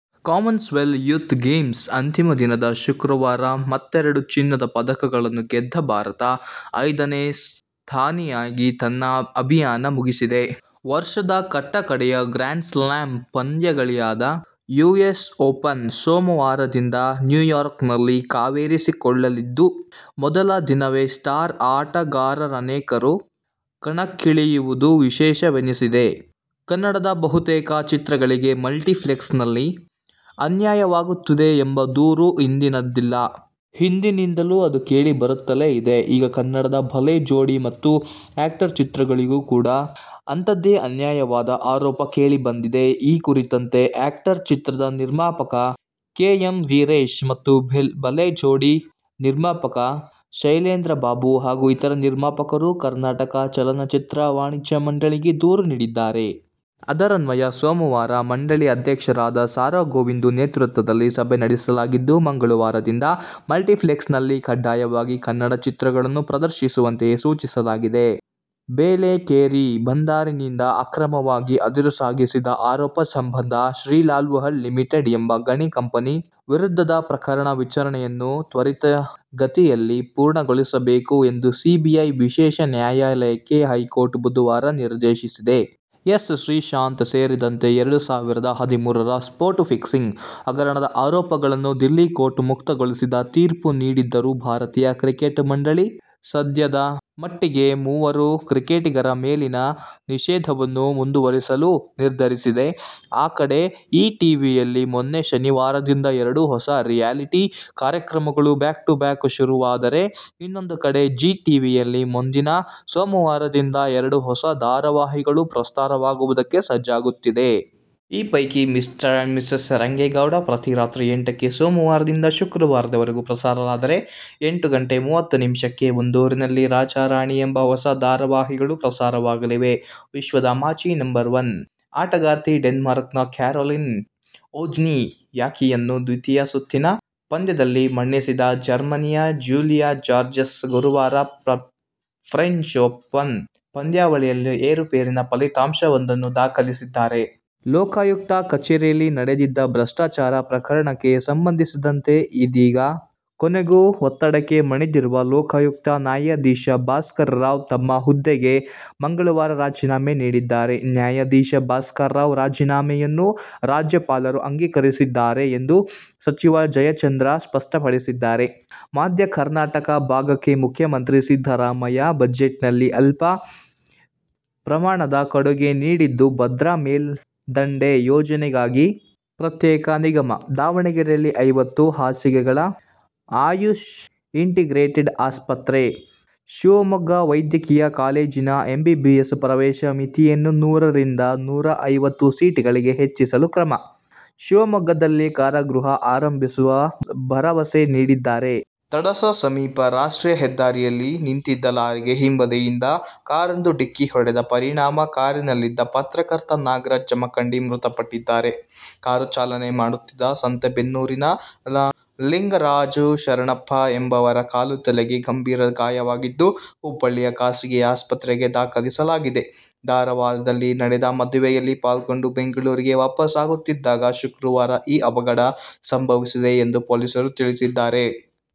Commonwealth youth ಗೇಮ್ಸ್ನ ಅಂತಿಮ ದಿನವಾದ ಶುಕ್ರವಾರ ಮತ್ತೆರಡು ಚಿನ್ನದ ಪದಕಗಳನ್ನು ಗೆದ್ದ ಭಾರತ ಐದನೇ ಸ್ಥಾನಿಯಾಗಿ ತನ್ನ ಅಭಿಯಾನ ಮುಗಿಸಿದೆ. ವರ್ಷದ ಕಟ್ಟಕಡೆಯ ಗ್ರ್ಯಾನ್ಸ್ಲಾಮ್ ಪಂದ್ಯಾವಳಿಯಾದ ಯುಎಸ್ ಓಪನ್ ಸೋಮವಾರದಿಂದ ನ್ಯೂಯಾರ್ಕ್ನಲ್ಲಿ ಕಾವೇರಿಸಿಕೊಳ್ಳಲಿದ್ದು, ಮೊದಲ ದಿನವೇ ಸ್ಟಾರ್ ಆಟಗಾರರನೇಕರು ಕಣಕ್ಕಿಳಿಯುವುದು ವಿಶೇಷವೆನಿಸಿದೆ. ಕನ್ನಡದ ಬಹುತೇಕ ಚಿತ್ರಗಳಿಗೆ ಮಲ್ಟಿಪ್ಲೆಕ್ಸ್ನಲ್ಲಿ ಅನ್ಯಾಯವಾಗುತ್ತಿದೆ ಎಂಬ ದೂರು ಇಂದಿನದ್ದಲ್ಲ. ಹಿಂದಿನಿಂದಲೂ ಅದು ಕೇಳಿಬರುತ್ತಲೇ ಇದೆ. ಈಗ ಕನ್ನಡದ 'ಭಲೇ ಜೋಡಿ' ಮತ್ತು 'ಆ್ಯಕ್ಟರ್' ಚಿತ್ರಗಳಿಗೂ ಕೂಡ ಅಂಥದ್ದೇ ಅನ್ಯಾಯವಾದ ಆರೋಪ ಕೇಳಿಬಂದಿದೆ. ಈ ಕುರಿತಂತೆ 'ಆ್ಯಕ್ಟರ್' ಚಿತ್ರದ ನಿರ್ಮಾಪಕ ಕೆ. ಎಂ. ವೀರೇಶ್ ಮತ್ತು 'ಭಲೇ ಜೋಡಿ' ನಿರ್ಮಾಪಕ ಶೈಲೇಂದ್ರಬಾಬು ಹಾಗೂ ಇತರೆ ನಿರ್ಮಾಪಕರು ಕರ್ನಾಟಕ ಚಲನಚಿತ್ರ ವಾಣಿಜ್ಯ ಮಂಡಳಿಗೆ ದೂರು ನೀಡಿದ್ದಾರೆ. ಅದರನ್ವಯ ಸೋಮವಾರ ಮಂಡಳಿ ಅಧ್ಯಕ್ಷರಾದ ಸಾ. ರಾ. ಗೋವಿಂದು ನೇತೃತ್ವದಲ್ಲಿ ಸಭೆ ನಡೆಸಲಾಗಿದ್ದು, ಮಂಗಳವಾರದಿಂದ ಮಲ್ಟಿಪ್ಲೆಕ್ಸ್ನಲ್ಲಿ ಕಡ್ಡಾಯವಾಗಿ ಕನ್ನಡ ಚಿತ್ರಗಳನ್ನು ಪ್ರದರ್ಶಿಸುವಂತೆ ಸೂಚಿಸಲಾಗಿದೆ. ಬೇಲೆಕೇರಿ ಬಂದರಿನಿಂದ ಅಕ್ರಮವಾಗಿ ಅದಿರು ಸಾಗಿಸಿದ ಆರೋಪ ಸಂಬಂಧ ಶ್ರೀಲಾಲ್ವುಹಲ್ ಲಿಮಿಟೆಡ್ ಎಂಬ ಗಣಿ ಕಂಪನಿ ವಿರುದ್ಧದ ಪ್ರಕರಣದ ವಿಚಾರಣೆಯನ್ನು ತ್ವರಿತಗತಿಯಲ್ಲಿ ಪೂರ್ಣಗೊಳಿಸಬೇಕು ಎಂದು ಸಿಬಿಐ ವಿಶೇಷ ನ್ಯಾಯಾಲಯಕ್ಕೆ ಹೈಕೋರ್ಟ್ ಬುಧವಾರ ನಿರ್ದೇಶಿಸಿದೆ. ಎಸ್. ಶ್ರೀಶಾಂತ್ ಸೇರಿದಂತೆ ಎರಡು ಸಾವಿರದ ಹದಿಮೂರರ ಸ್ಪಾಟ್ ಫಿಕ್ಸಿಂಗ್ ಹಗರಣದ ಆರೋಪಿಗಳನ್ನು ದಿಲ್ಲಿ ಕೋರ್ಟ್ ಮುಕ್ತಗೊಳಿಸಿದ ತೀರ್ಪು ನೀಡಿದರೂ ಭಾರತೀಯ ಕ್ರಿಕೆಟ್ ಮಂಡಳಿ ಸದ್ಯದ ಮಟ್ಟಿಗೆ ಮೂವರು ಕ್ರಿಕೆಟಿಗರ ಮೇಲಿನ ನಿಷೇಧವನ್ನು ಮುಂದುವರಿಸಲು ನಿರ್ಧರಿಸಿದೆ. ಆ ಕಡೆ ಈ ಟಿವಿಯಲ್ಲಿ ಮೊನ್ನೆ ಶನಿವಾರದಿಂದ ಎರಡು ಹೊಸ ರಿಯಾಲಿಟಿ ಕಾರ್ಯಕ್ರಮಗಳು ಬ್ಯಾಕ್ ಟು ಬ್ಯಾಕ್ ಶುರುವಾದರೆ, ಇನ್ನೊಂದು ಕಡೆ ಜೀ ಟಿವಿಯಲ್ಲಿ ಮುಂದಿನ ಸೋಮವಾರದಿಂದ ಎರಡು ಹೊಸ ಧಾರಾವಾಹಿಗಳು ಪ್ರಸಾರವಾಗುವುದಕ್ಕೆ ಸಜ್ಜಾಗುತ್ತಿದೆ. ಈ ಪೈಕಿ "ಮಿಸ್ಟರ್ ಅಂಡ್ ಮಿಸಸ್ ರಂಗೇಗೌಡ' ಪ್ರತಿ ರಾತ್ರಿ ಎಂಟಕ್ಕೆ ಸೋಮವಾರದಿಂದ ಶುಕ್ರವಾರದವರೆಗೂ ಪ್ರಸಾರವಾದರೆ, ಎಂಟು ಗಂಟೆ ಮೂವತ್ತು ನಿಮಿಷಕ್ಕೆ "ಒಂದೂರ್ನಲ್ಲಿ ರಾಜ-ರಾಣಿ' ಎಂಬ ಹೊಸ ಧಾರಾವಾಹಿಗಳು ಪ್ರಸಾರವಾಗಲಿವೆ. ವಿಶ್ವದ ಮಾಜಿ ನಂಬರ್ ವನ್ ಆಟಗಾರ್ತಿ ಡೆನ್ಮಾರ್ಕ್ನ ಕ್ಯಾರೋಲಿನ್ ವೋಜ್ನಿಯಾಕಿಯನ್ನು ದ್ವಿತೀಯ ಸುತ್ತಿನ ಪಂದ್ಯದಲ್ಲಿ ಮಣಿಸಿದ ಜರ್ಮನಿಯ ಜೂಲಿಯಾ ಜಾರ್ಜಸ್ ಗುರುವಾರ ಫ್ರೆಂಚ್ ಓಪನ್ ಪಂದ್ಯಾವಳಿಯಲ್ಲಿ ಏರುಪೇರಿನ ಫಲಿತಾಂಶವೊಂದನ್ನು ದಾಖಲಿಸಿದ್ದಾರೆ. ಲೋಕಾಯುಕ್ತ ಕಚೇರಿಯಲ್ಲಿ ನಡೆದಿದ್ದ ಭ್ರಷ್ಟಾಚಾರ ಪ್ರಕರಣಕ್ಕೆ ಸಂಬಂಧಿಸಿದಂತೆ ಇದೀಗ ಕೊನೆಗೂ ಒತ್ತಡಕ್ಕೆ ಮಣಿದಿರುವ ಲೋಕಾಯುಕ್ತ ನ್ಯಾಯಾಧೀಶ ಭಾಸ್ಕರರಾವ್ ತಮ್ಮ ಹುದ್ದೆಗೆ ಮಂಗಳವಾರ ರಾಜೀನಾಮೆ ನೀಡಿದ್ದಾರೆ. ನ್ಯಾಯಾಧೀಶ ಭಾಸ್ಕರರಾವ್ ರಾಜೀನಾಮೆಯನ್ನು ರಾಜ್ಯಪಾಲರು ಅಂಗೀಕರಿಸಿದ್ದಾರೆ ಎಂದು ಸಚಿವ ಜಯಚಂದ್ರ ಸ್ಪಷ್ಟಪಡಿಸಿದ್ದಾರೆ. ಮಧ್ಯ ಕರ್ನಾಟಕ ಭಾಗಕ್ಕೆ ಮುಖ್ಯಮಂತ್ರಿ ಸಿದ್ದರಾಮಯ್ಯ ಬಜೆಟ್ನಲ್ಲಿ ಅಲ್ಪ ಪ್ರಮಾಣದ ಕೊಡುಗೆ ನೀಡಿದ್ದು, ಭದ್ರಾ ಮೇಲ್ದಂಡೆ ಯೋಜನೆಗಾಗಿ ಪ್ರತ್ಯೇಕ ನಿಗಮ, ದಾವಣಗೆರೆಯಲ್ಲಿ ಐವತ್ತು ಹಾಸಿಗೆಗಳ ಆಯುಷ್ ಇಂಟಿಗ್ರೇಟೆಡ್ ಆಸ್ಪತ್ರೆ, ಶಿವಮೊಗ್ಗ ವೈದ್ಯಕೀಯ ಕಾಲೇಜಿನ ಎಂಬಿಬಿಎಸ್ ಪ್ರವೇಶ ಮಿತಿಯನ್ನು ನೂರರಿಂದ ನೂರೈವತ್ತು ಸೀಟುಗಳಿಗೆ ಹೆಚ್ಚಿಸಲು ಕ್ರಮ, ಶಿವಮೊಗ್ಗದಲ್ಲಿ ಕಾರಾಗೃಹ ಆರಂಭಿಸುವ ಭರವಸೆ ನೀಡಿದ್ದಾರೆ. ತಡಸ ಸಮೀಪ ರಾಷ್ಟ್ರೀಯ ಹೆದ್ದಾರಿಯಲ್ಲಿ ನಿಂತಿದ್ದ ಲಾರಿಗೆ ಹಿಂಬದಿಯಿಂದ ಕಾರೊಂದು ಡಿಕ್ಕಿ ಹೊಡೆದ ಪರಿಣಾಮ ಕಾರಿನಲ್ಲಿದ್ದ ಪತ್ರಕರ್ತ ನಾಗರಾಜ ಜಮಖಂಡಿ ಮೃತಪಟ್ಟಿದ್ದಾರೆ. ಕಾರು ಚಾಲನೆ ಮಾಡುತ್ತಿದ್ದ ಸಂತೇಬೆನ್ನೂರಿನ ಲಿಂಗರಾಜ ಶರಣಪ್ಪ ಎಂಬುವರ ಕಾಲು, ತಲೆಗೆ ಗಂಭೀರವಾದ ಗಾಯವಾಗಿದ್ದು, ಹುಬ್ಬಳ್ಳಿಯ ಖಾಸಗಿ ಆಸ್ಪತ್ರೆಗೆ ದಾಖಲಿಸಲಾಗಿದೆ. ಧಾರವಾಡದಲ್ಲಿ ನಡೆದ ಮದುವೆಯಲ್ಲಿ ಪಾಲ್ಗೊಂಡು ಬೆಂಗಳೂರಿಗೆ ವಾಪಸಾಗುತ್ತಿದ್ದಾಗ ಶುಕ್ರವಾರ ಈ ಅವಘಡ ಸಂಭವಿಸಿದೆ ಎಂದು ಪೊಲೀಸರು ತಿಳಿಸಿದ್ದಾರೆ.